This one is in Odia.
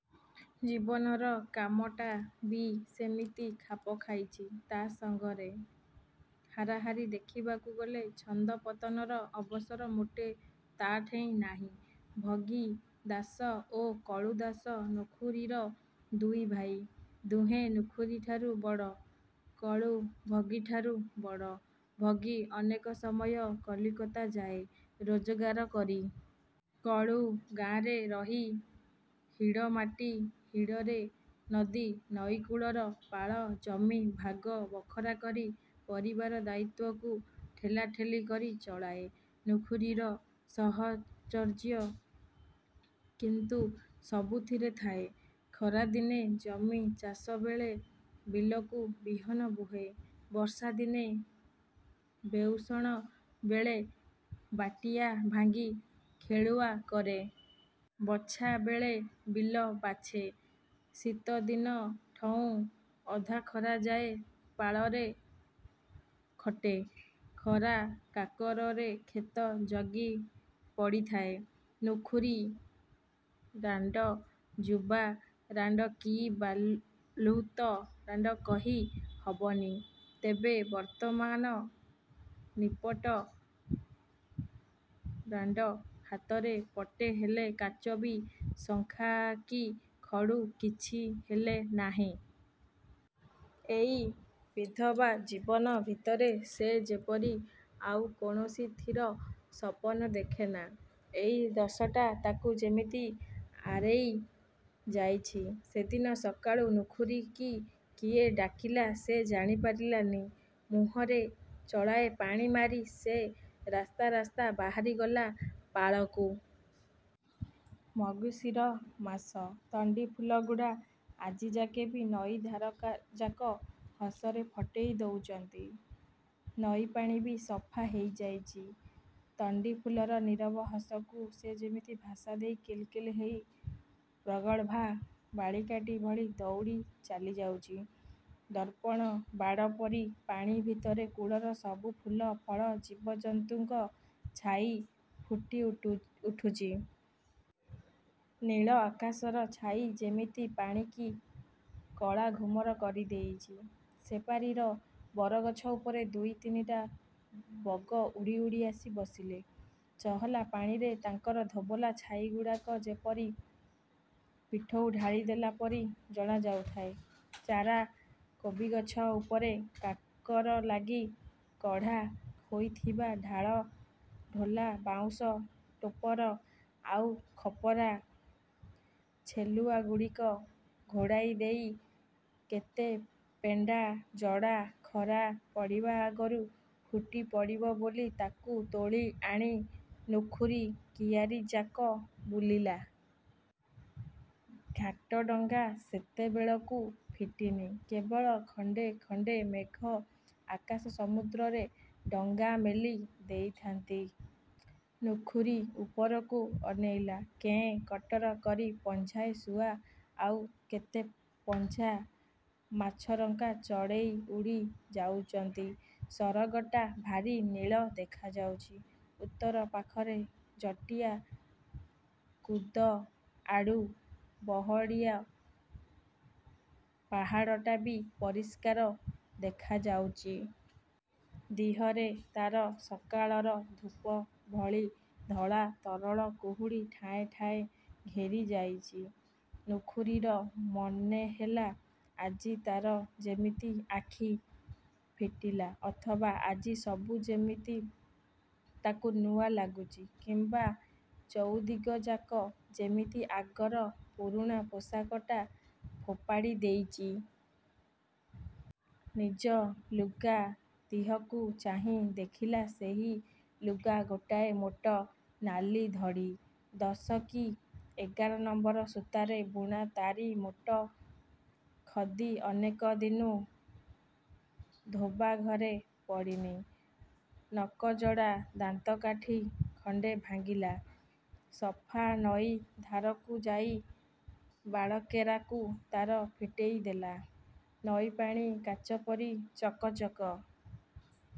ଜୀବନର କାମଟା ବି ସେମିତି ଖାପଖାଇଚି ତା ସଙ୍ଗରେ। ହାରାହାରି ଦେଖିବାକୁ ଗଲେ ଛନ୍ଦପତନର ଅବସର ମୋଟେ ତାଠେଇଁ ନାହିଁ। ଭଗୀ ଦାସ ଓ କଳୁ ଦାସ, ନୁଖୁରୀର ଦୁଇ ଭାଇ। ଦୁହେଁ ନୁଖୁରୀ ଠାରୁ ବଡ଼। କଳୁ ଭଗୀଠାରୁ ବଡ଼। ଭଗୀ ଅନେକ ସମୟ କଲିକତା ଯାଏ, ରୋଜଗାର କରି। କଳୁ ଗାଁରେ ରହି, ହିଡ଼ମାଟି ହିଡ଼ରେ ନଦି, ନଈକୂଳର ପାଳ ଜମି ଭାଗ ବଖରା କରି ପରିବାର ଦାୟିତ୍ୱକୁ ଠେଲାଠେଲି କରି ଚଳାଏ। ନୁଖୁରୀର ସହଚର୍ଯ୍ୟ କିନ୍ତୁ ସବୁଥିରେ ଥାଏ। ଖରାଦିନେ ଜମି ଚାଷବେଳେ ବିଲକୁ ବିହନ ବୁହେ। ବର୍ଷାଦିନେ ବେଉଷଣ ବେଳେ ବାଟିଆ ଭାଙ୍ଗି ଖେଳୁଆ କରେ-। ବଛା ବେଳେ ବିଲ ବାଛେ। ଶୀତଦିନଠଉଁ ଅଧାଖରାଯାଏ ପାଳରେ ଖଟେ। ଖରା କାକରରେ କ୍ଷେତ ଜଗି ପଡ଼ିଥାଏ। ନୁଖୁରୀ ରାଣ୍ଡ। ଯୁବା ରାଣ୍ଡ କି ବାଳୁତ ରାଣ୍ଡ କହି ହବନି। ତେବେ ବର୍ତ୍ତମାନ ନିପଟ ରାଣ୍ଡ। ହାତରେ ପଟେ ହେଲେ କାଚ କି ଶଙ୍ଖା କି ଖଡ଼ୁ କିଛି ହେଲେ ନାହିଁ। ଏଇ ବିଧବା-ଜୀବନ ଭିତରେ ସେ ଯେପରି ଆଉ କୌଣସିଥିର ସପନ ଦେଖେ ନା। ଏଇ ଦଶାଟା ତାକୁ ଯେମିତି ଆରେଇ ଯାଇଛି। ସେଦିନ ସକାଳୁ ନୁଖୁରୀକି କିଏ ଡାକିଲା ସେ ଜାଣିପାରିଲା ନି। ମୁହଁରେ ଚଳାଏ ପାଣି ମାରି ସେ ରାସ୍ତା ରାସ୍ତା ବାହାରି ଗଲା ପାଳକୁ। ମଗୁଶିର ମାସ। ତଣ୍ଡିଫୁଲଗୁଡ଼ା ଆଜିଯାକେ ବି ନଈଧାରଯାକ ହସରେ ଫଟେଇ ଦେଉଚନ୍ତି। ନଈପାଣି ବି ସଫା ହେଇଯାଇଚି। ତଣ୍ଡିଫୁଲର ନୀରବ ହସକୁ ସେ ଯେମିତି ଭାଷା ଦେଇ କିଲ୍ କିଲ୍ ହେଇ ପ୍ରଗଳ୍ଭା ବାଳିକାଟି ଭଳି ଦଉଡ଼ି ଚାଲିଯାଉଚି। ଦର୍ପଣ ବାଡ଼ ପରି ପାଣି ଭିତରେ କୂଳର ସବୁ ଫୁଲ, ଫଳ, ଜୀବଜନ୍ତୁଙ୍କ ଛାଇ ଫୁଟିଉଠୁଚି। ନୀଳ ଆକାଶର ଛାଇ ଯେମିତି ପାଣିକି କଳାଘୁମର କରିଦେଇଚି। ସେପାରିର ବରଗଛ ଉପରେ ଦୁଇ ତିନିଟା ବଗ ଉଡ଼ି ଉଡ଼ି ଆସି ବସିଲେ। ଚହଲା ପାଣିରେ ତାଙ୍କର ଧୋବଲା ଛାଇଗୁଡ଼ାକ ଯେପରି ପିଠଉ ଢାଳି ଦେଲା ପରି ଜଣାଯାଉଥାଏ। ଚାରା କୋବିଗଛ ଉପରେ କାକର ଲାଗି କଢ଼ା ହୋଇଥିବା ଢାଳଠୋଲା, ବାଉଁଶ ଟୋପର ଆଉ ଖପରା ଛେଲୁଆଗୁଡ଼ିକ ଘୋଡ଼ାଇ ଦେଇ କେତେ ପେଣ୍ଡା ଜଡ଼ା ଖରା ପଡ଼ିବା ଆଗରୁ ଫୁଟି ପଡ଼ିବ ବୋଲି ତାକୁ ତୋଳି ଆଣି ନୁଖୁରୀ କିଆରିଯାକ ବୁଲିଲା। ଘାଟଡଙ୍ଗା ସେତେବେଳକୁ ଫିଟିନି। କେବଳ ଖଣ୍ଡେ ଖଣ୍ଡେ ମେଘ ଆକାଶ–ସମୁଦ୍ରରେ ଡଙ୍ଗା। ମେଲି ଦେଇଥାନ୍ତି। ନୁଖୁରୀ ଉପରକୁ ଅନେଇଲା–କେଁ କଟର କରି ପଞ୍ଝାଏ ଶୁଆ, ଆଉ କେତେ ପଞ୍ଝା ମାଛରଙ୍କା ଚଢ଼େଇ ଉଡ଼ି ଯାଉଚନ୍ତି। ସରଗଟା ଭାରି ନୀଳ ଦେଖାଯାଉଚି। ଉତ୍ତର ପାଖରେ ଜଟିଆ କୁଦଆଡ଼ୁ ବହଡ଼ିଅ ପାହାଡ଼ଟା ବି ପରିଷ୍କାର ଦେଖାଯାଉଚି। ଦିହରେ ତାର ସକାଳର ଧୂପ ଭଳି ଧଳା ତରଳ କୁହୁଡ଼ି ଠାଏ ଠାଏ ଘେରି ଯାଇଚି। ନୁଖୁରୀର ମନେହେଲା, ଆଜି ତାର ଯେମିତି ଆଖି ଫିଟିଲା ଅଥବା ଆଜି ସବୁ ଯେମିତି ତାକୁ ନୂଆ ଲାଗୁଚି କିମ୍ବା ଚଉଦିଗଯାକ ଯେମିତି ଆଗର ପୁରୁଣା ପୋଷାକଟା ଫୋପାଡ଼ି ଦେଇଛି। ନିଜ ଲୁଗା ଦିହକୁ ଚାହିଁ ଦେଖିଲା, ସେହି ଲୁଗା–ଗୋଟାଏ ମୋଟ ନାଲି ଧଡ଼ି, ଦଶ କି ଏଗାର ନମ୍ବର ସୂତାରେ ବୁଣା ତାରି ମୋଟ ଖଦୀ–ଅନେକ ଦିନୁ ଧୋବାଘରେ ପଡ଼ିନି। –ନକଜଡ଼ା ଦାନ୍ତକାଠି ଖଣ୍ଡେ ଭାଙ୍ଗିଲା, ସଫା ନଈ ଧାରକୁ ଯାଇ ବାଳକେରାକୁ ତାର ଫିଟେଇ ଦେଲା। ନଈପାଣି କାଚପରି ଚକଚକ।